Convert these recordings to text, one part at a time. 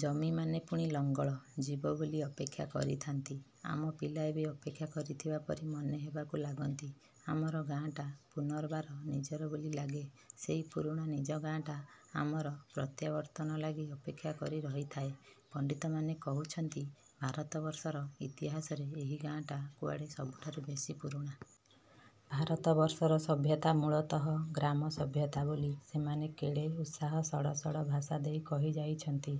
ଜମିମାନେ ପୁଣି ଲଙ୍ଗଳ ଯିବ ବୋଲି ଅପେକ୍ଷା କରିଥାନ୍ତି, ଆମ ପିଲାଏ ବି ଅପେକ୍ଷା କରିଥିବା ପରି ମନେ ହେବାକୁ ଲାଗନ୍ତି। ଆମର ଗାଆଁଟା ପୁନର୍ବାର ନିଜର ବୋଲି ଲାଗେ, ସେଇ ପୁରୁଣା ନିଜ ଗାଆଁଟା, ଆମର ପ୍ରତ୍ୟାବର୍ତ୍ତନ ଲାଗି ଅପେକ୍ଷା କରି ରହିଥାଏ। ପଣ୍ଡିତମାନେ କହୁଛନ୍ତି, ଭାରତବର୍ଷର ଇତିହାସରେ ଏହି ଗାଆଁଟା କୁଆଡ଼େ ସବୁଠାରୁ ବେଶୀ ପୁରୁଣା। ଭାରତବର୍ଷର ସଭ୍ୟତା ମୂଳତଃ ଗ୍ରାମସଭ୍ୟତା ବୋଲି ସେମାନେ କେଡ଼େ ଉତ୍ସାହ-ସଡ଼ସଡ଼ ଭାଷା ଦେଇ କହିଯାଇଛନ୍ତି।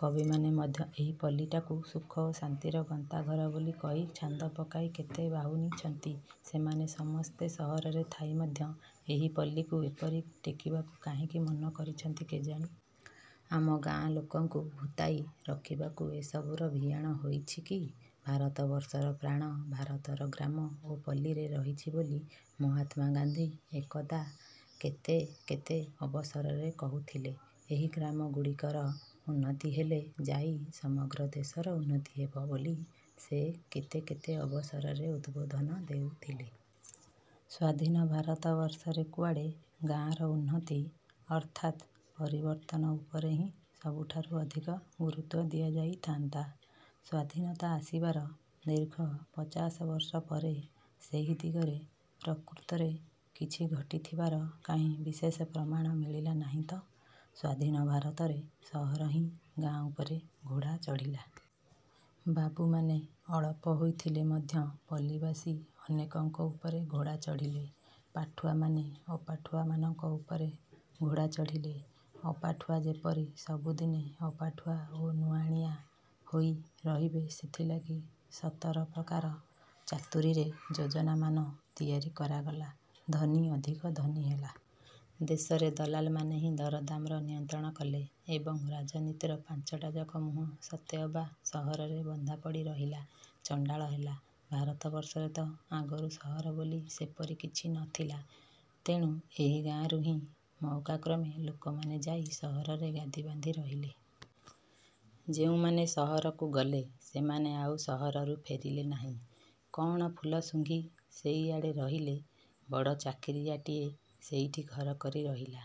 କବିମାନେ ମଧ୍ୟ ଏହି ପଲ୍ଲୀଟାକୁ ସୁଖ ଓ ଶାନ୍ତିର ଗନ୍ତାଘର ବୋଲି କହି ଛାନ୍ଦ ପକାଇ କେତେ ବାହୁନିଛନ୍ତି। ସେମାନେ ସମସ୍ତେ ସହରରେ ଥାଇ ମଧ୍ୟ ଏହି ପଲ୍ଲୀକୁ ଏପରି ଟେକିବାକୁ କାହିଁକି ମନ କରିଛନ୍ତି କେଜାଣି? ଆମ ଗାଆଁଲୋକଙ୍କୁ ଭୂତାଇ ରଖିବାକୁ ଏସବୁର ଭିଆଣ ହୋଇଛି କି? ଭାରତବର୍ଷର ପ୍ରାଣ ଭାରତର ଗ୍ରାମ ଓ ପଲ୍ଲୀରେ ରହିଛି ବୋଲି ମହାତ୍ମା ଗାନ୍ଧୀ ଏକଦା କେତେ କେତେ ଅବସରରେ କହୁଥିଲେ। ଏହି ଗ୍ରାମଗୁଡ଼ିକର ଉନ୍ନତି ହେଲେ ଯାଇ ସମଗ୍ର ଦେଶର ଉନ୍ନତି ହେବ ବୋଲି ସେ କେତେ କେତେ ଅବସରରେ ଉଦ୍ବୋଧନ ଦେଉଥିଲେ। ସ୍ୱାଧୀନ ଭାରତବର୍ଷରେ କୁଆଡ଼େ ଗାଆଁର ଉନ୍ନତି ଅର୍ଥାତ୍ ପରିବର୍ତ୍ତନ ଉପରେ ହିଁ ସବୁଠାରୁ ଅଧିକ ଗୁରୁତ୍ୱ ଦିଆଯାଇଥାନ୍ତା। ସ୍ଵାଧୀନତା ଆସିବାର ଦୀର୍ଘ ପଚାଶ ବର୍ଷ ପରେ ସେହି ଦିଗରେ ପ୍ରକୃତରେ କିଛି ଘଟିଥିବାର କାହିଁ ବିଶେଷ ପ୍ରମାଣ ମିଳିଲା ନାହିଁ ତ? ସ୍ୱାଧୀନ ଭାରତରେ ସହର ହିଁ ଗାଁ ଉପରେ ଘୋଡ଼ା ଚଢ଼ିଲା। ବାବୁମାନେ ଅଳପ ହୋଇଥିଲେ ମଧ୍ୟ ପଲ୍ଲୀବାସୀ ଅନେକଙ୍କ ଉପରେ ଘୋଡ଼ା ଚଢ଼ିଲେ। ପାଠୁଆମାନେ ଅପାଠୁଆମାନଙ୍କ ଉପରେ ଘୋଡ଼ା ଚଢ଼ିଲେ। ଅପାଠୁଆ ଯେପରି ସବୁଦିନେ ଅପାଠୁଆ ଓ ନୁଆଁଣିଆ ହୋଇ ରହିବେ, ସେଥିଲାଗି ସତର ପ୍ରକାର ଚାତୁରୀରେ ଯୋଜନାମାନ ତିଆରି କରାଗଲା। ଧନୀ ଅଧିକ ଧନୀ ହେଲା। ଦେଶରେ ଦଲାଲମାନେ ହିଁ ଦରଦାମ୍ର ନିୟନ୍ତ୍ରଣ କଲେ ଏବଂ ରାଜନୀତିର ପାଂଚଟାଯାକ ମୁହଁ ସତେଅବା ସହରରେ ବନ୍ଧାପଡ଼ି ରହିଲା। ଚଣ୍ଡାଳ ହେଲା। ଭାରତବର୍ଷରେ ତ ଆଗରୁ ସହର ବୋଲି ସେପରି କିଛି ନଥିଲା। ତେଣୁ ଏହି ଗାଁରୁ ହିଁ ମଉକାକ୍ରମେ ଲୋକମାନେ ଯାଇ ସହରରେ ଗାଦୀ ବାନ୍ଧି ରହିଲେ। ଯେଉଁମାନେ ସହରକୁ ଗଲେ, ସେମାନେ ଆଉ ସହରରୁ ଫେରିଲେ ନାହିଁ। କ'ଣ ଫୁଲ ସୁଂଘି ସେଇଆଡ଼େ ରହିଲେ। ବଡ଼ ଚାକିରିଆଟିଏ ସେଇଠି ଘର କରି ରହିଲା।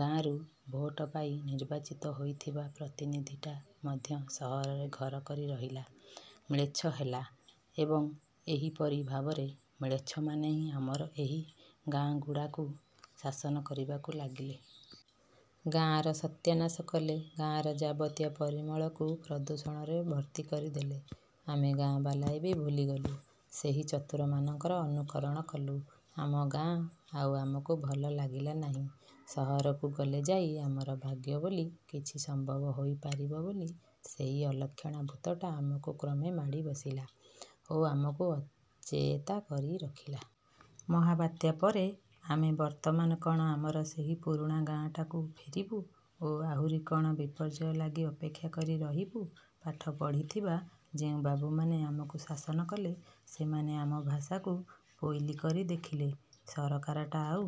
ଗାଆଁରୁ ଭୋଟ ପାଇ ନିର୍ବାଚିତ ହୋଇଥିବା ପ୍ରତିନିଧିଟା ମଧ୍ୟ ସହରରେ ଘର କରି ରହିଲା, ମ୍ଲେଚ୍ଛ ହେଲା ଏବଂ ଏହିପରି ଭାବରେ ମ୍ଲେଚ୍ଛମାନେ ହିଁ ଆମର ଏହି ଗାଆଁଗୁଡ଼ାକୁ ଶାସନ କରିବାକୁ ଲାଗିଲେ। ଗାଆଁର ସତ୍ୟାନାଶ କଲେ। ଗାଆଁର ଯାବତୀୟ ପରିମଳକୁ ପ୍ରଦୂଷଣରେ ଭର୍ତ୍ତି କରି। ଦେଲେ। ଆମେ ଗାଆଁବାଲାଏ ବି ଭୁଲି ଗଲୁ। ସେହି ଚତୁରମାନଙ୍କର ଅନୁକରଣ କଲୁ। ଆମ ଗାଆଁ ଆଉ ଆମକୁ ଭଲ ଲାଗିଲା ନାହିଁ। ସହରକୁ ଗଲେ ଯାଇ ଆମର ଭାଗ୍ୟ ବୋଲି କିଛି ସମ୍ଭବ ହୋଇ ପାରିବ ବୋଲି ସେହି ଅଲକ୍ଷଣା ଭୂତଟା ଆମକୁ କ୍ରମେ ମାଡ଼ି ବସିଲା ଓ ଆମକୁ ଅଚେତା କରି ରଖିଲା। ମହାବାତ୍ୟା ପରେ ଆମେ ବର୍ତ୍ତମାନ କ'ଣ ଆମର ସେହି ପୁରୁଣା ଗାଆଁଟାକୁ ଫେରିବୁ ଓ ଆହୁରି କ'ଣ ବିପର୍ଯ୍ୟୟ ଲାଗି ଅପେକ୍ଷା କରି ରହିବୁ? ପାଠ ପଢ଼ିଥିବା ଯେଉଁ ବାବୁମାନେ ଆମକୁ ଶାସନ କଲେ, ସେମାନେ ଆମ ଭାଷାକୁ ପୋଇଲୀ କରି ଦେଖିଲେ। ସରକାରଟା ଆଉ